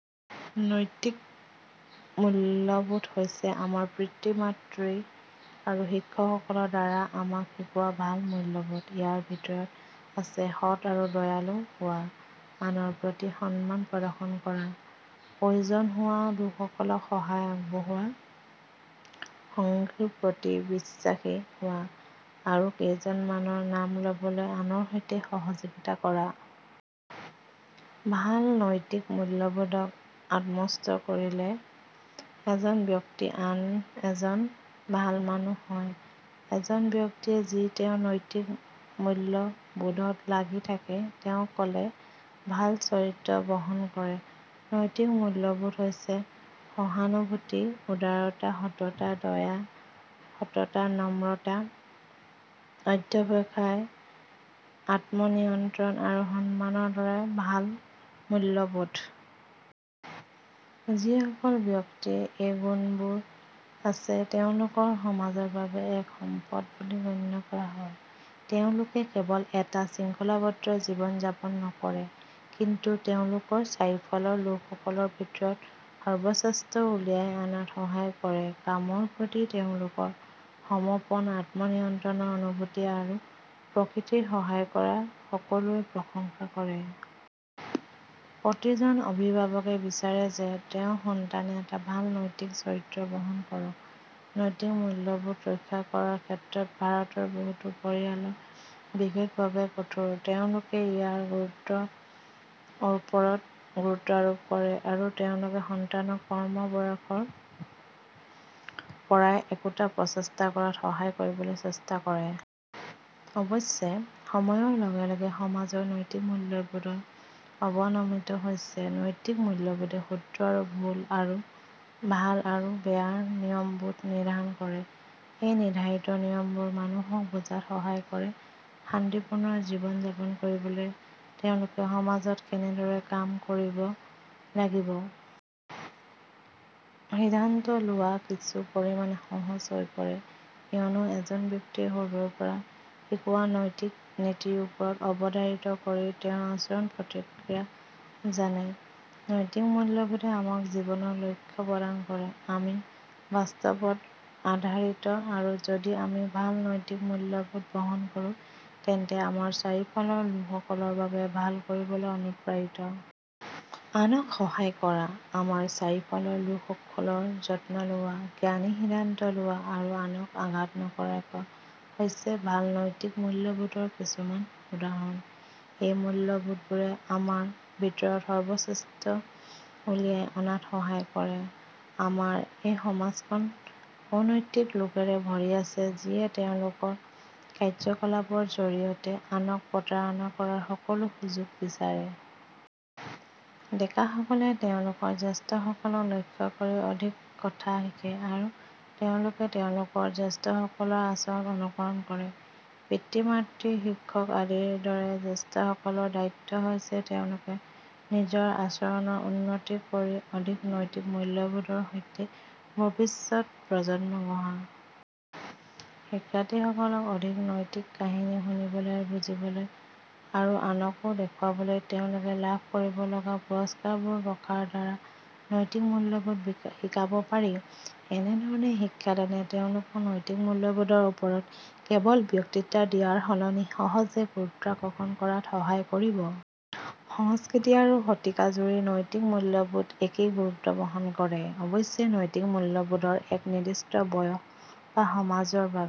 নৈতিক মূল্যবোধ হৈছে আমাৰ পিতৃ-মাতৃ আৰু শিক্ষকসকলৰ দ্বাৰা আমাক শিকোৱা ভাল মূল্যবোধ। ইয়াৰ ভিতৰত আছে সৎ আৰু দয়ালু হোৱা, আনৰ প্ৰতি সন্মান প্ৰদৰ্শন কৰা, প্ৰয়োজনহোৱা লোকসকলক সহায় আগবঢ়োৱা, সঙ্গীৰ প্ৰতি বিশ্বাসী হোৱা আৰু কেইজনমানৰ নাম ল'বলৈ আনৰ সৈতে সহযোগিতা কৰা। ভাল নৈতিক মূল্যবোধক আত্মস্থ কৰিলে এজন ব্যক্তি এজন ভাল মানুহ হয়। এজন ব্যক্তি যি তেওঁৰ নৈতিক মূল্যবোধত লাগি থাকে তেওঁ ক'লে ভাল চৰিত্ৰ বহন কৰে। নৈতিক মূল্যবোধ হৈছে সহানুভূতি, উদাৰতা, সততা, দয়া, সততা, নম্ৰতা, অধ্যৱসায়, আত্ম নিয়ন্ত্ৰণ আৰু সন্মানৰ দৰে ভাল মূল্যবোধ। যিসকল ব্যক্তিৰ এই গুণবোৰ আছে তেওঁলোকক সমাজৰ বাবে এক সম্পদ বুলি গণ্য কৰা হয়। তেওঁলোকে কেৱল এটা শৃংখলাবদ্ধ জীৱন যাপন নকৰে কিন্তু তেওঁলোকৰ চাৰিওফালৰ লোকসকলৰ ভিতৰত সৰ্বশ্ৰেষ্ঠটো উলিয়াই অনাত সহায় কৰে। কামৰ প্ৰতি তেওঁলোকৰ সমৰ্পণ, আত্ম নিয়ন্ত্ৰণৰ অনুভূতি আৰু প্ৰকৃতিক সহায় কৰা সকলোৱে প্ৰশংসা কৰে। প্ৰতিজন অভিভাৱকে বিচাৰে যে তেওঁৰ সন্তানে এটা ভাল নৈতিক চৰিত্ৰ বহন কৰক। নৈতিক মূল্যবোধ ৰক্ষা কৰাৰ ক্ষেত্ৰত ভাৰতৰ বহুতো পৰিয়াল বিশেষভাৱে কঠোৰ। তেওঁলোকে ইয়াৰ গুৰুত্বৰ ওপৰত গুৰুত্ব আৰোপ কৰে আৰু তেওঁলোকৰ সন্তানক কম বয়সৰ পৰাই একেটা প্ৰস্তুত কৰাত সহায় কৰিবলৈ চেষ্টা কৰে। অৱশ্যে, সময়ৰ লগে লগে সমাজৰ নৈতিক মূল্যবোধবোৰ অৱনমিত হৈছে। নৈতিক মূল্যবোধে শুদ্ধ আৰু ভুল আৰু ভাল আৰু বেয়াৰ নিয়মবোৰ নিৰ্ধাৰণ কৰে। এই নিৰ্ধাৰিত নিয়মবোৰে মানুহক বুজাত সহায় কৰে যে শান্তিপূৰ্ণ জীৱন যাপন কৰিবলৈ তেওঁলোকে সমাজত কেনেদৰে কাম কৰিব লাগিব। সিদ্ধান্ত লোৱা কিছু পৰিমাণে সহজ হৈ পৰে কিয়নো এজন ব্যক্তিয়ে সৰুৰে পৰা শিকোৱা নৈতিক নীতিৰ ওপৰত আধাৰিত কৰি তেওঁৰ আচৰণৰ প্ৰতিক্ৰিয়া জানে। নৈতিক মূল্যবোধে আমাক জীৱনৰ লক্ষ্য প্ৰদান কৰে। আমি বাস্তৱত আধাৰিত আৰু যদি আমি ভাল নৈতিক মূল্যবোধ বহন কৰোঁ তেন্তে আমাৰ চাৰিওফালৰ লোকসকলৰ বাবে ভাল কৰিবলৈ অনুপ্ৰাণিত। আনক সহায় কৰা, আমাৰ চাৰিওফালৰ লোকসকলৰ যত্ন লোৱা, জ্ঞানী সিদ্ধান্ত লোৱা আৰু আনক আঘাত নকৰা হৈছে ভাল নৈতিক মূল্যবোধৰ কিছুমান উদাহৰণ। এই মূল্যবোধবোৰে আমাৰ ভিতৰত সৰ্বশ্ৰেষ্ঠটো উলিয়াই অনাত সহায় কৰে। আমাৰ এই সমাজখন অনৈতিক লোকৰে ভৰি আছে যিয়ে তেওঁলোকৰ কাৰ্য্যকলাপৰ জৰিয়তে আনক প্ৰতাৰণা কৰাৰ সকলো সুযোগ বিচাৰে। ডেকা সকলে তেওঁলোকৰ জ্যেষ্ঠসকলক লক্ষ্য কৰি অধিক কথা শিকে আৰু তেওঁলোকে তেওঁলোকৰ জ্যেষ্ঠসকলৰ আচৰণৰ অনুকৰণ কৰে। পিতৃ-মাতৃ, শিক্ষক আদিৰ দৰে জ্যেষ্ঠসকলৰ দায়িত্ব হৈছে তেওঁলোকৰ নিজৰ আচৰণ উন্নত কৰি অধিক নৈতিক মূল্যবোধৰ সৈতে ভৱিষ্যত প্ৰজন্ম গঢ়া। শিক্ষাৰ্থীসকলক অধিক নৈতিক কাহিনী শুনিবলৈ আৰু বুজিবলৈ আৰু আনকো দেখুৱালে তেওঁলোকে লাভ কৰিব লগা পুৰষ্কাৰবোৰ ৰখাৰ দ্বাৰা নৈতিক মূল্যবোধ শিকাব পাৰি। এনেধৰণৰ শিক্ষাদানে তেওঁলোকক নৈতিক মূল্যবোধৰ ওপৰত কেৱল বক্তৃতা দিয়াৰ সলনি সহজে গুৰুত্ব আকৰ্ষণ কৰাত সহায় কৰিব। সংস্কৃতি আৰু শতিকাজুৰি নৈতিক মূল্যবোধে একেই গুৰুত্ব বহন কৰে। অৱশ্যে, নৈতিক মূল্যবোধবোৰ এক নিৰ্দিষ্ট বয়স বা সমাজৰ বাবে